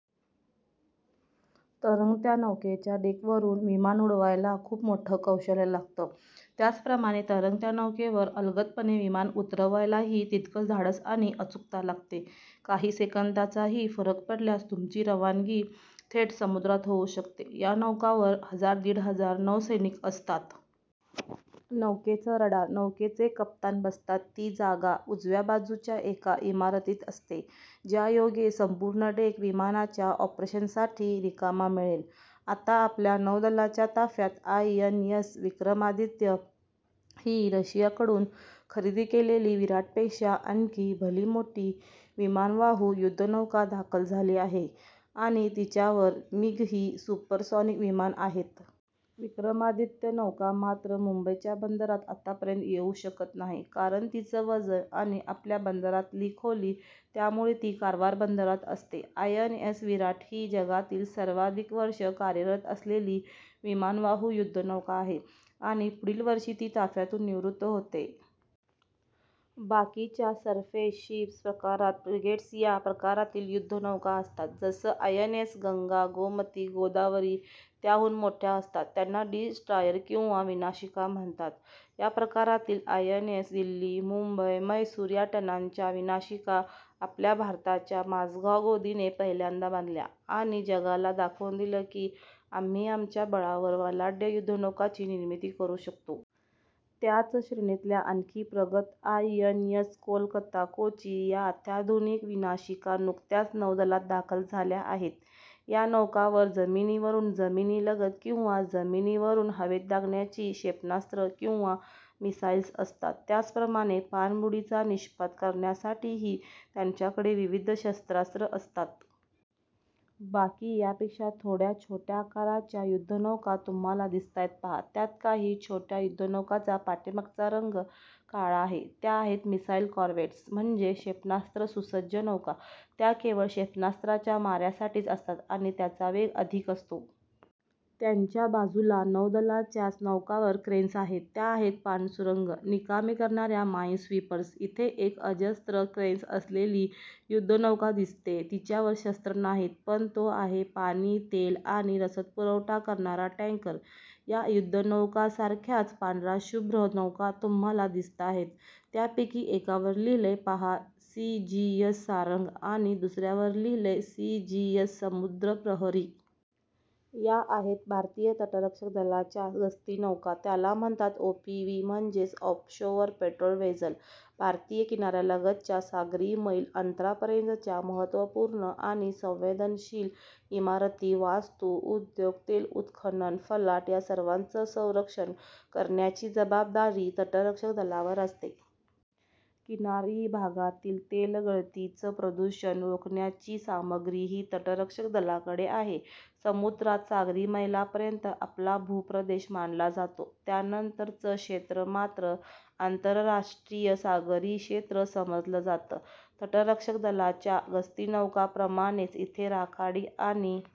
तरंगत्या नौकेच्या डेकवरून विमानं उडवायला खूप मोठं कौशल्य लागतं. त्याचप्रमाणे तरंगत्या नौकेवर अलगदपणे विमान उतरवायलाही तितकंच धाडस आणि अचूकता लागते. काही सेकंदाचाही फरक पडल्यास तुमची रवानगी थेट समुद्रात होऊ शकते. या नौकांवर हजार-दीड हजार नौसैनिक असतात. नौकेचं रडार, नौकेचे कप्तान बसतात ती जागा उजव्या बाजूच्या एका इमारतीत असते, ज्यायोगे संपूर्ण डेक विमानांच्या ऑपरेशन्ससाठी रिकामा मिळेल. आता आपल्या नौदलाच्या ताफ्यात आयएनएस विक्रमादित्य ही रशियाकडून खरेदी केलेली विराटपेक्षा आणखी भलीमोठी विमानवाहू युध्दनौका दाखल झाली आहे आणि तिच्यावर मिग ही सुपरसॉनिक विमानं आहेत. विक्रमादित्य नौका मात्र मुंबईच्या बंदरात आतपर्यंत येऊ शकत नाही, कारण तिचं वजन आणि आपल्या बंदरातली खोली. त्यामुळे ती कारवार बंदरात असते. आयएनएस विराट ही जगातली सर्वाधिक वर्ष कार्यरत असलेली विमानवाहू युध्दनौका आहे आणि पुढील वर्षी ती ताफ्यातून निवृत्त होतेय. बाकीच्या सरफेस शीप्स प्रकारात फ्रिगेट्स या प्रकारातील युध्दनौका असतात. जसं आयएनएस गंगा, गोमती, गोदावरी. त्याहून मोठ्या असतात त्यांना डिस्ट्रॉयर किंवा विनाशिका म्हणतात. या प्रकारातील आयएनएस दिल्ली, मुंबई, म्हैसूर या टनांच्या विनाशिका आपल्या भारताच्या माझगाव गोदीने पहिल्यांदा बांधल्या आणि जगाला दाखवून दिलं की आम्ही आमच्या बळावर बलाढ्य युध्दनौकांची निर्मिती करू शकतो. त्याच श्रेणीतल्या आणखी प्रगत आयएनएस कोलकाता, कोची या अत्याधुनिक विनाशिका नुकत्याच नौदलात दाखल झाल्या आहेत. या नौकांवर जमिनीवरून जमिनीलगत किंवा जमिनीवरून हवेत डागण्याची क्षेपणास्त्र किंवा मिसाईल्स असतात. त्याचप्रमाणे पाणबुडीचा निःपात करण्यासाठीही त्यांच्याकडे विविध शस्त्रास्त्रं असतात. बाकी यापेक्षा थोड्या छोट्या आकाराच्या युध्दनौका तुम्हाला दिसताहेत पहा. त्यात काही छोट्या युध्दनौकांचा पाठीमागचा रंग काळा आहे, त्या आहेत, मिसाइल कॉरव्हेट्स म्हणजे क्षेपणास्त्रसुसज्ज नौका. त्या केवळ क्षेपणास्त्रांच्या माऱ्यासाठीच असतात आणि त्यांचा वेग अधिक असतो. त्यांच्या बाजूला नौदलाच्याच नौकांवर क्रेन्स आहेत. त्या आहेत पाणसुरुंग निकामी करणाऱ्या माइनस्वीपर्स. इथे एक अजस्त्र क्रेन्स असलेली युध्दनौका दिसतेय, तिच्यावर शस्त्र नाहीत, पण तो आहे पाणी, तेल आणि रसदपुरवठा करणारा टँकर. या युध्दनौकांसारख्याच पांढऱ्याशुभ्र नौका तुम्हाला दिसताहेत, त्यापैकी एकावर लिहिलंय पहा, सीजीएस सारंग आणि दुसऱ्यावर लिहिलंय सीजीएस समुद्रप्रहरी. या आहेत भारतीय तटरक्षक दलाच्या गस्तीनौका. त्याला म्हणतात ओपीव्ही म्हणजेच ऑफशोअर पेट्रोल व्हेसल. भारतीय किनाऱ्यालगतच्या सागरी मैल अंतरापर्यंतच्या महत्त्वपूर्ण आणि संवेदनशील इमारती, वास्तू, उद्योग, तेलउत्खनन फलाट या सर्वांचं संरक्षण करण्याची जबाबदारी तटरक्षक दलावर असते. किनारी भागातील तेलगळतीचं प्रदूषण रोखण्याची सामग्रीही तटरक्षक दलाकडे आहे. समुद्रात सागरी मैलांपर्यंत आपला भूप्रदेश मानला जातो, त्यानंतरचं क्षेत्र मात्र आंतरराष्ट्रीय सागरी क्षेत्र समजलं जातं. तटरक्षक दलाच्या गस्तीनौकांप्रमाणेच इथे राखाडी आणि